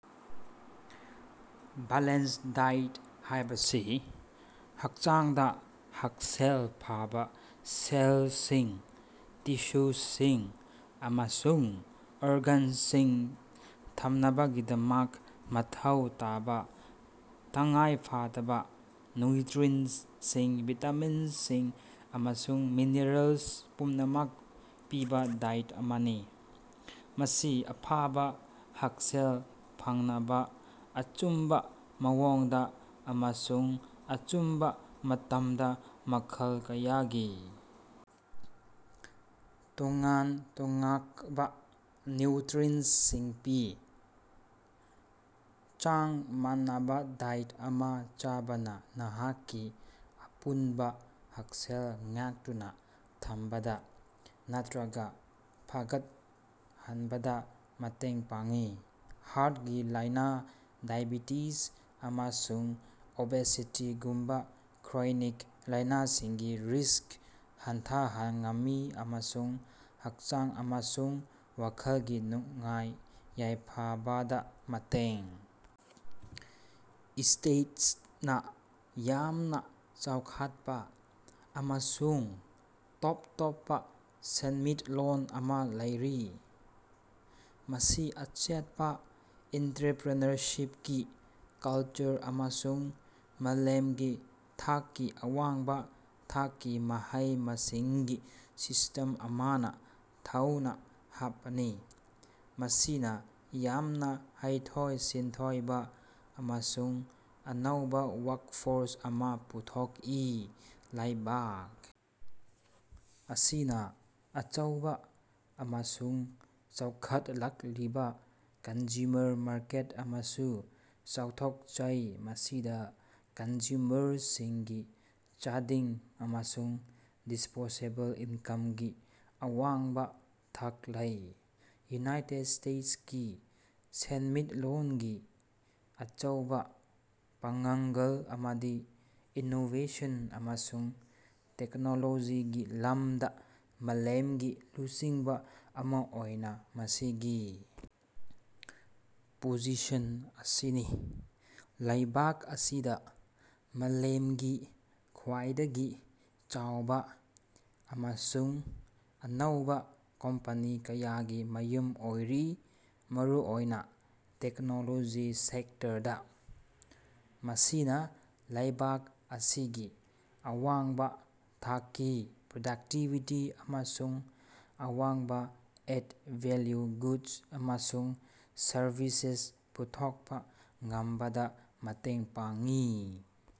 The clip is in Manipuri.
ꯕꯦꯂꯦꯟꯁ ꯗꯥꯏꯠ ꯍꯥꯏꯕꯁꯤ ꯍꯛꯆꯥꯡꯗ ꯍꯛꯁꯦꯜ ꯐꯕ ꯁꯦꯜꯁꯤꯡ, ꯇꯤꯁꯨꯁꯤꯡ ꯑꯃꯁꯨꯡ ꯑꯣꯔꯒꯥꯟꯁꯤꯡ ꯊꯝꯅꯕꯒꯤꯗꯃꯛ ꯃꯊꯧ ꯇꯥꯕ ꯇꯉꯥꯏꯐꯗꯕ ꯅ꯭ꯌꯨꯇ꯭ꯔꯤꯟꯇꯁꯤꯡ, ꯚꯤꯇꯥꯃꯤꯟꯁꯤꯡ ꯑꯃꯁꯨꯡ ꯃꯤꯅꯔꯦꯜ ꯄꯨꯝꯅꯃꯛ ꯄꯤꯕ ꯗꯥꯏꯠ ꯑꯃꯅꯤ꯫ ꯃꯁꯤ ꯑꯐꯕ ꯍꯛꯁꯦꯜ ꯐꯪꯅꯕ ꯑꯆꯨꯝꯕ ꯃꯑꯣꯡꯗ ꯑꯃꯁꯨꯡ ꯑꯆꯨꯝꯕ ꯃꯇꯝꯗ ꯃꯈꯜ ꯀꯌꯥꯒꯤ ꯇꯣꯉꯥꯟ-ꯇꯣꯉꯥꯛꯕ ꯅ꯭ꯌꯨꯇ꯭ꯔꯤꯟꯇꯁꯤꯡ ꯄꯤ꯫ ꯆꯥꯡ ꯃꯥꯟꯅꯕꯥ ꯗꯥꯏꯠ ꯑꯃ ꯆꯥꯕꯅ ꯅꯍꯥꯛꯀꯤ ꯑꯄꯨꯟꯕ ꯍꯛꯁꯦꯜ ꯉꯥꯛꯇꯨꯅ ꯊꯝꯕꯗ ꯅꯠꯇ꯭ꯔꯒ ꯐꯒꯠꯍꯟꯕꯗ ꯃꯇꯦꯡ ꯄꯥꯡꯏ, ꯍꯥꯔꯇꯀꯤ ꯂꯥꯏꯅ, ꯗꯥꯏꯑꯦꯕꯦꯇꯤꯖ, ꯑꯃꯁꯨꯡ ꯑꯣꯕꯦꯁꯤꯇꯤꯒꯨꯝꯕ ꯀ꯭ꯔꯣꯏꯅꯤꯛ ꯂꯥꯏꯅꯥꯁꯤꯡꯒꯤ ꯔꯤꯁ꯭ꯛ ꯍꯟꯊꯍꯟ ꯉꯝꯃꯤ ꯑꯃꯁꯨꯡ ꯍꯛꯆꯥꯡ ꯑꯃꯁꯨꯡ ꯋꯥꯈꯜꯒꯤ ꯅꯨꯡꯉꯥꯏ-ꯌꯥꯏꯐꯕꯗ ꯃꯇꯦꯡ ꯏꯁꯇꯦꯠꯁ ꯅ ꯌꯥꯝꯅ ꯆꯥꯎꯈꯠꯄ ꯑꯃꯁꯨꯡ ꯇꯣꯞ ꯇꯣꯞꯄ ꯁꯦꯟꯃꯤꯠꯂꯣꯟ ꯑꯃ ꯂꯩꯔꯤ, ꯃꯁꯤ ꯑꯆꯦꯠꯄ ꯏꯟꯇꯔꯄ꯭ꯔꯤꯅꯔꯁꯤꯞꯀꯤ ꯀꯜꯆꯔ ꯑꯃꯁꯨꯡ ꯃꯥꯂꯦꯝꯒꯤ ꯊꯥꯛꯀꯤ ꯑꯋꯥꯡꯕ ꯊꯥꯛꯀꯤ ꯃꯍꯩ-ꯃꯁꯤꯡꯒꯤ ꯁꯤꯁ꯭ꯇꯦꯝ ꯑꯃꯅ ꯊꯧꯅ ꯍꯥꯞꯄꯅꯤ, ꯃꯁꯤꯅ ꯌꯥꯝꯅ ꯍꯩꯊꯣꯏ-ꯁꯤꯟꯊꯣꯏꯕ ꯑꯃꯁꯨꯡ ꯑꯅꯧꯕ ꯋꯥꯔꯛꯐꯣꯔꯁ ꯑꯃ ꯄꯨꯊꯣꯛꯏ꯫ ꯂꯩꯕꯥꯛ ꯑꯁꯤꯅ ꯑꯆꯧꯕ ꯑꯃꯁꯨꯡ ꯆꯥꯎꯈꯠꯂꯛꯂꯤꯕ ꯀꯟꯖꯨꯃꯔ ꯃꯥꯔꯀꯦꯠ ꯑꯃꯁꯨ ꯆꯥꯎꯊꯣꯛꯆꯩ, ꯃꯁꯤꯗ ꯀꯟꯖꯨꯃꯔꯁꯤꯡꯒꯤ ꯆꯥꯗꯤꯡ ꯑꯃꯁꯨꯡ ꯗꯤꯁ꯭ꯄꯣꯁꯦꯕꯜ ꯏꯟꯀꯝꯒꯤ ꯑꯋꯥꯡꯕ ꯊꯥꯛ ꯂꯩ꯫ ꯌꯨꯅꯥꯏꯇꯦꯗ ꯏꯁꯇꯦꯠꯁ ꯀꯤ ꯁꯦꯟꯃꯤꯠꯂꯣꯟꯒꯤ ꯑꯆꯧꯕ ꯄꯥꯉꯡꯒꯜ ꯑꯃꯗꯤ ꯏꯅꯣꯕꯦꯁꯟ ꯑꯃꯁꯨꯡ ꯇꯦꯛꯅꯣꯂꯣꯖꯤꯒꯤ ꯂꯝꯗ ꯃꯥꯂꯦꯝꯒꯤ ꯂꯨꯆꯤꯡꯕ ꯑꯃ ꯑꯣꯏꯅ ꯃꯁꯤꯒꯤ ꯄꯣꯖꯤꯁꯟ ꯑꯁꯤꯅꯤ꯫ ꯂꯩꯕꯥꯛ ꯑꯁꯤꯗ ꯃꯥꯂꯦꯝꯒꯤ ꯈ꯭ꯋꯥꯏꯗꯒꯤ ꯆꯥꯎꯕ ꯑꯃꯁꯨꯡ ꯑꯅꯧꯕ ꯀꯣꯝꯄꯅꯤ ꯀꯌꯥꯒꯤ ꯃꯌꯨꯝ ꯑꯣꯏꯔꯤ, ꯃꯔꯨꯑꯣꯏꯅ ꯇꯦꯛꯅꯣꯂꯣꯖꯤ ꯁꯦꯛꯇꯔꯗ꯫ ꯃꯁꯤꯅ ꯂꯩꯕꯥꯛ ꯑꯁꯤꯒꯤ ꯑꯋꯥꯡꯕ ꯊꯥꯛꯀꯤ ꯄ꯭ꯔꯗꯛꯇꯤꯕꯤꯇꯤ ꯑꯃꯁꯨꯡ ꯑꯋꯥꯡꯕ ꯑꯦꯗ-ꯚꯦꯜꯌꯨ ꯒꯨꯗꯁ ꯑꯃꯁꯨꯡ ꯁꯔꯕꯤꯁꯦꯁ ꯄꯨꯊꯣꯛꯄ ꯉꯝꯕꯗ ꯃꯇꯦꯡ ꯄꯥꯡꯉꯤ꯫